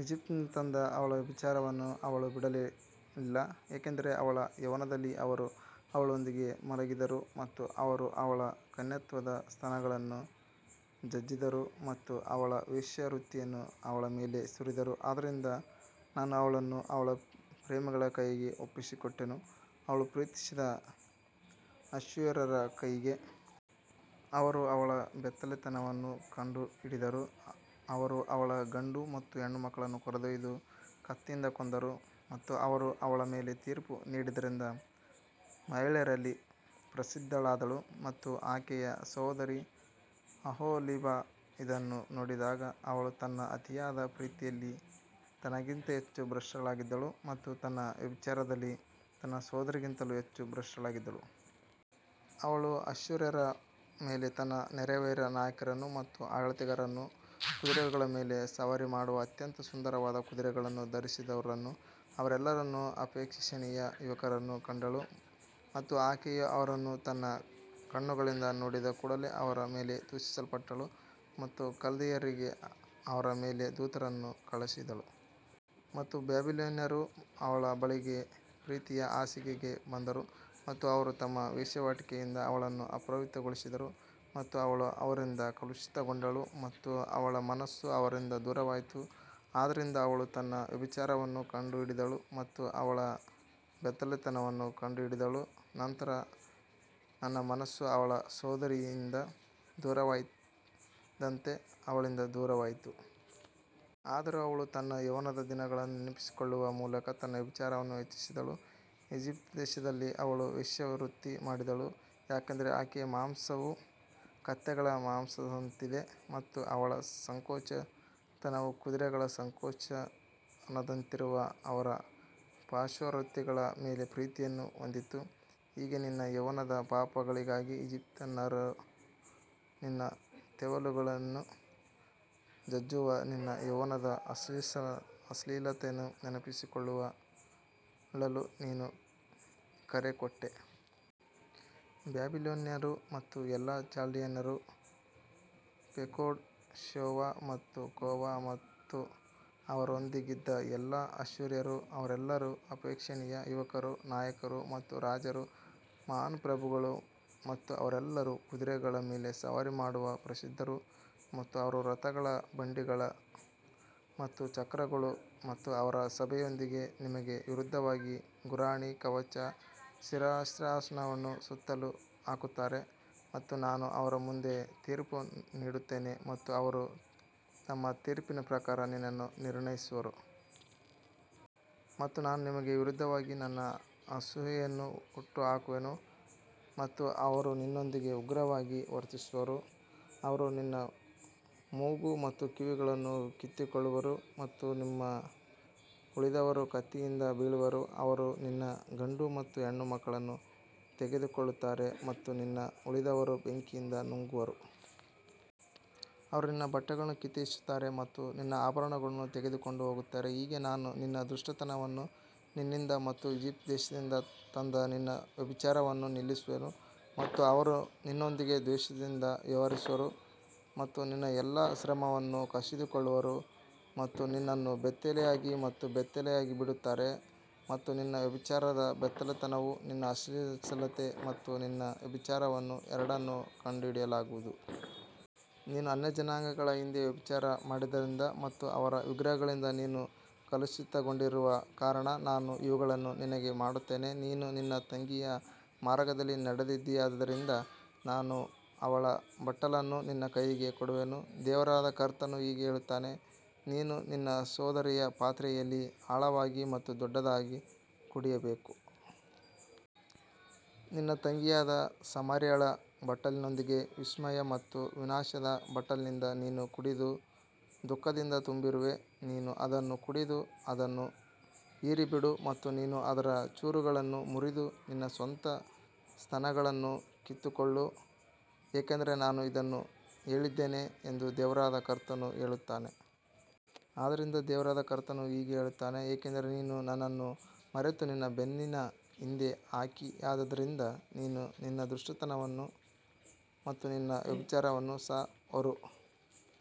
ಈಜಿಪ್ಟ್ನಿಂದ ತಂದ ಅವಳ ವ್ಯಭಿಚಾರವನ್ನು ಅವಳು ಬಿಡಲಿಲ್ಲ, ಏಕೆಂದರೆ ಅವಳ ಯೌವನದಲ್ಲಿ ಅವರು ಅವಳೊಂದಿಗೆ ಮಲಗಿದರು ಮತ್ತು ಅವರು ಅವಳ ಕನ್ಯತ್ವದ ಸ್ತನಗಳನ್ನು ಜಜ್ಜಿದರು ಮತ್ತು ಅವರ ವೇಶ್ಯಾವೃತ್ತಿಯನ್ನು ಅವಳ ಮೇಲೆ ಸುರಿದರು. ಆದದರಿಂದ ನಾನು ಅವಳನ್ನು ಅವಳ ಪ್ರೇಮಿಗಳ ಕೈಗೆ ಒಪ್ಪಿಸಿಕೊಟ್ಟೆನು, ಅವಳು ಪ್ರೀತಿಸಿದ ಅಶ್ಶೂರ್ಯರ ಕೈಗೆ. ಅವರು ಅವಳ ಬೆತ್ತಲೆತನವನ್ನು ಕಂಡುಹಿಡಿದರು, ಅವರು ಅವಳ ಗಂಡು ಮತ್ತು ಹೆಣ್ಣು ಮಕ್ಕಳನ್ನು ಕರೆದೊಯ್ದು ಕತ್ತಿಯಿಂದ ಕೊಂದರು ಮತ್ತು ಅವರು ಅವಳ ಮೇಲೆ ತೀರ್ಪು ನೀಡಿದ್ದರಿಂದ ಮಹಿಳೆಯರಲ್ಲಿ ಪ್ರಸಿದ್ಧಳಾದಳು. ಮತ್ತು ಆಕೆಯ ಸಹೋದರಿ ಅಹೋಲಿಬಾ ಇದನ್ನು ನೋಡಿದಾಗ ಅವಳು ತನ್ನ ಅತಿಯಾದ ಪ್ರೀತಿಯಲ್ಲಿ ತನಗಿಂತ ಹೆಚ್ಚು ಭ್ರಷ್ಟಳಾಗಿದ್ದಳು ಮತ್ತು ತನ್ನ ವ್ಯಭಿಚಾರದಲ್ಲಿ ತನ್ನ ಸಹೋದರಿಗಿಂತಲೂ ಹೆಚ್ಚು ಭ್ರಷ್ಟಳಾಗಿದ್ದಳು. ಅವಳು ಅಶ್ಶೂರ್ಯರ ಮೇಲೆ ತನ್ನ ನೆರೆಹೊರೆಯ ನಾಯಕರನ್ನು ಮತ್ತು ಆಡಳಿತಗಾರರನ್ನು, ಕುದುರೆಗಳ ಮೇಲೆ ಸವಾರಿ ಮಾಡುವ ಅತ್ಯಂತ ಸುಂದರವಾದ ಕುದುರೆಗಳನ್ನು ಧರಿಸಿದವರನ್ನು, ಅವರೆಲ್ಲರೂ ಅಪೇಕ್ಷಣೀಯ ಯುವಕರನ್ನು ಕಂಡಳು ಮತ್ತು ಆಕೆಯು ಅವರನ್ನು ತನ್ನ ಕಣ್ಣುಗಳಿಂದ ನೋಡಿದ ಕೂಡಲೆ ಅವರ ಮೇಲೆ ದೂಷಿಸಲ್ಪಟ್ಟಳು ಮತ್ತು ಕಲ್ದೀಯರಿಗೆ ಅವರ ಬಳಿಗೆ ದೂತರನ್ನು ಕಳುಹಿಸಿದಳು. ಮತ್ತು ಬ್ಯಾಬಿಲೋನಿಯನ್ನರು ಅವಳ ಬಳಿಗೆ ಪ್ರೀತಿಯ ಹಾಸಿಗೆಗೆ ಬಂದರು ಮತ್ತು ಅವರು ತಮ್ಮ ವೇಶ್ಯಾವಾಟಿಕೆಯಿಂದ ಅವಳನ್ನು ಅಪವಿತ್ರಗೊಳಿಸಿದರು ಮತ್ತು ಅವಳು ಅವರಿಂದ ಕಲುಷಿತಗೊಂಡಳು ಮತ್ತು ಅವಳ ಮನಸ್ಸು ಅವರಿಂದ ದೂರವಾಯಿತು. ಆದ್ದರಿಂದ ಅವಳು ತನ್ನ ವ್ಯಭಿಚಾರವನ್ನು ಕಂಡುಹಿಡಿದಳು ಮತ್ತು ಅವಳ ಬೆತ್ತಲೆತನವನ್ನು ಕಂಡುಹಿಡಿದಳು, ನಂತರ ನನ್ನ ಮನಸ್ಸು ಅವಳ ಸಹೋದರಿಯಿಂದ ದೂರವಾದಂತೆ ಅವಳಿಂದ ದೂರವಾಯಿತು. ಆದರೂ ಅವಳು ತನ್ನ ಯೌವನದ ದಿನಗಳನ್ನು ನೆನಪಿಸಿಕೊಳ್ಳುವ ಮೂಲಕ ತನ್ನ ವ್ಯಭಿಚಾರವನ್ನು ಹೆಚ್ಚಿಸಿದಳು, ಈಜಿಪ್ಟ್ ದೇಶದಲ್ಲಿ ಅವಳು ವೇಶ್ಯಾವೃತ್ತಿ ಮಾಡಿದಳು. ಯಾಕಂದರೆ ಆಕೆಯ ಮಾಂಸವು ಕತ್ತೆಗಳ ಮಾಂಸದಂತಿದೆ ಮತ್ತು ಅವರ ಸಂಕೋಚನವು ಕುದುರೆಗಳ ಸಂಕೋಚನದಂತಿರುವ ಅವರ ಪಾರ್ಶ್ವವರ್ತಿಗಳ ಮೇಲೆ ಪ್ರೀತಿಯನ್ನು ಹೊಂದಿತ್ತು. ಹೀಗೆ ನಿನ್ನ ಯೌವನದ ಪಾಪಗಳಿಗಾಗಿ ಈಜಿಪ್ಟಿನವರು ನಿನ್ನ ತೆವಲುಗಳನ್ನು ಜಜ್ಜುವ ನಿನ್ನ ಯೌವನದ ಅಶ್ಲೀಲತೆಯನ್ನು ನೆನಪಿಸಿಕೊಳ್ಳಲು ನೀನು ಕರೆಕೊಟ್ಟೆ. ಬ್ಯಾಬಿಲೋನಿಯನ್ನರು ಮತ್ತು ಎಲ್ಲಾ ಚಾಲ್ಡಿಯನ್ನರು, ಪೆಕೋಡ್, ಶೋವಾ ಮತ್ತು ಕೋವಾ ಮತ್ತು ಅವರೊಂದಿಗಿದ್ದ ಎಲ್ಲಾ ಅಶ್ಶೂರ್ಯರು, ಅವರೆಲ್ಲರೂ ಅಪೇಕ್ಷಣೀಯ ಯುವಕರು, ನಾಯಕರು ಮತ್ತು ರಾಜರು, ಮಹಾನ್ ಪ್ರಭುಗಳು, ಮತ್ತು ಅವರೆಲ್ಲರೂ ಕುದುರೆಗಳ ಮೇಲೆ ಸವಾರಿ ಮಾಡುವ ಪ್ರಸಿದ್ಧರು. ಮತ್ತು ಅವರು ರಥಗಳ ಬಂಡಿಗಳು ಮತ್ತು ಚಕ್ರಗಳು ಮತ್ತು ಜನರ ಸಭೆಯೊಂದಿಗೆ ನಿಮಗೆ ವಿರುದ್ಧವಾಗಿ ಗುರಾಣಿ, ಕವಚ ಮತ್ತು ಶಿರಸ್ತ್ರಾಣವನ್ನು ಸುತ್ತಲೂ ಹಾಕುತ್ತಾರೆ ಮತ್ತು ನಾನು ಅವರ ಮುಂದೆ ತೀರ್ಪು ನೀಡುತ್ತೇನೆ ಮತ್ತು ಅವರು ತಮ್ಮ ತೀರ್ಪಿನ ಪ್ರಕಾರ ನಿನ್ನನ್ನು ನಿರ್ಣಯಿಸುವರು. ಮತ್ತು ನಾನು ನಿನಗೆ ವಿರುದ್ಧವಾಗಿ ನನ್ನ ಅಸೂಯೆಯನ್ನು ಹುಟ್ಟುಹಾಕುವೆನು ಮತ್ತು ಅವರು ನಿನ್ನೊಂದಿಗೆ ಉಗ್ರವಾಗಿ ವರ್ತಿಸುವರು, ಅವರು ನಿನ್ನ ಮೂಗು ಮತ್ತು ಕಿವಿಗಳನ್ನು ಕಿತ್ತುಕೊಳ್ಳುವರು ಮತ್ತು ನಿಮ್ಮ ಉಳಿದವರು ಕತ್ತಿಯಿಂದ ಬೀಳುವರು, ಅವರು ನಿನ್ನ ಗಂಡು ಮತ್ತು ಹೆಣ್ಣು ಮಕ್ಕಳನ್ನು ತೆಗೆದುಕೊಳ್ಳುತ್ತಾರೆ ಮತ್ತು ನಿನ್ನ ಉಳಿದವರು ಬೆಂಕಿಯಿಂದ ನುಂಗುವರು. ಅವರು ನಿನ್ನ ಬಟ್ಟೆಗಳನ್ನು ಕಿತ್ತೆಸೆಯುತ್ತಾರೆ ಮತ್ತು ನಿನ್ನ ಆಭರಣಗಳನ್ನು ತೆಗೆದುಕೊಂಡು ಹೋಗುತ್ತಾರೆ, ಹೀಗೆ ನಾನು ನಿನ್ನ ದುಷ್ಕೃತ್ಯವನ್ನು ನಿನ್ನಿಂದ ಮತ್ತು ಈಜಿಪ್ಟ್ ದೇಶದಿಂದ ತಂದ ನಿನ್ನ ವ್ಯಭಿಚಾರವನ್ನು ನಿಲ್ಲಿಸುವೆನು. ಮತ್ತು ಅವರು ನಿನ್ನೊಂದಿಗೆ ದ್ವೇಷದಿಂದ ವ್ಯವಹರಿಸುವರು ಮತ್ತು ನಿನ್ನ ಎಲ್ಲಾ ಶ್ರಮವನ್ನು ಕಸಿದುಕೊಳ್ಳುವರು ಮತ್ತು ನಿನ್ನನ್ನು ಬೆತ್ತಲೆಯಾಗಿ ಮತ್ತು ಬೆತ್ತಲೆಯಾಗಿ ಬಿಡುತ್ತಾರೆ ಮತ್ತು ನಿನ್ನ ವ್ಯಭಿಚಾರದ ಬೆತ್ತಲೆತನವು ನಿನ್ನ ಅಶ್ಲೀಲತೆ ಮತ್ತು ನಿಮ್ಮ ವ್ಯಭಿಚಾರ ಎರಡನ್ನೂ ಕಂಡುಹಿಡಿಯಲಾಗುವುದು. ನೀನು ಅನ್ಯಜನಾಂಗಗಳ ಹಿಂದೆ ವ್ಯಭಿಚಾರ ಮಾಡಿದ್ದರಿಂದ ಮತ್ತು ಅವರ ವಿಗ್ರಹಗಳಿಂದ ನೀನು ಕಲುಷಿತಗೊಂಡಿರುವ ಕಾರಣ ನಾನು ಇವುಗಳನ್ನು ನಿನಗೆ ಮಾಡುತ್ತೇನೆ. ನೀನು ನಿನ್ನ ತಂಗಿಯ ಮಾರ್ಗದಲ್ಲಿ ನಡೆದಿದ್ದೀಯಾದ್ದರಿಂದ ನಾನು ಅವಳ ಬಟ್ಟಲನ್ನು ನಿನ್ನ ಕೈಗೆ ಕೊಡುವೆನು. ದೇವರಾದ ಕರ್ತನು ಹೀಗೆ ಹೇಳುತ್ತಾನೆ, ನೀನು ನಿನ್ನ ಸಹೋದರಿಯ ಪಾತ್ರೆಯಲ್ಲಿ ಆಳವಾಗಿ ಮತ್ತು ದೊಡ್ಡದಾಗಿ ಕುಡಿಯಬೇಕು. ನಿನ್ನ ತಂಗಿಯಾದ ಸಮಾರ್ಯಳ ಬಟ್ಟಲಿನೊಂದಿಗೆ ವಿಸ್ಮಯ ಮತ್ತು ವಿನಾಶದ ಬಟ್ಟಲಿನಿಂದ ನೀನು ಕುಡಿದು ದುಃಖದಿಂದ ತುಂಬಿರುವೆ. ನೀನು ಅದನ್ನು ಕುಡಿದು ಅದನ್ನು ಹೀರಿಬಿಡು ಮತ್ತು ನೀನು ಅದರ ಚೂರುಗಳನ್ನು ಮುರಿದು ನಿನ್ನ ಸ್ವಂತ ಸ್ತನಗಳನ್ನು ಕಿತ್ತುಕೊಳ್ಳು, ಏಕೆಂದರೆ ನಾನು ಇದನ್ನು ಹೇಳಿದ್ದೇನೆ ಎಂದು ದೇವರಾದ ಕರ್ತನು ಹೇಳುತ್ತಾನೆ. ಆದದರಿಂದ ದೇವರಾದ ಕರ್ತನು ಹೀಗೆ ಹೇಳುತ್ತಾನೆ, ಏಕೆಂದರೆ ನೀನು ನನ್ನನ್ನು ಮರೆತು ನಿನ್ನ ಬೆನ್ನಿನ ಹಿಂದೆ ಹಾಕಿದ್ದೀಯಾದ್ದರಿಂದ ನೀನು ನಿನ್ನ ದುಷ್ಕೃತ್ಯವನ್ನು ಮತ್ತು ನಿನ್ನ ವ್ಯಭಿಚಾರವನ್ನು ಸಹ ಹೊರು.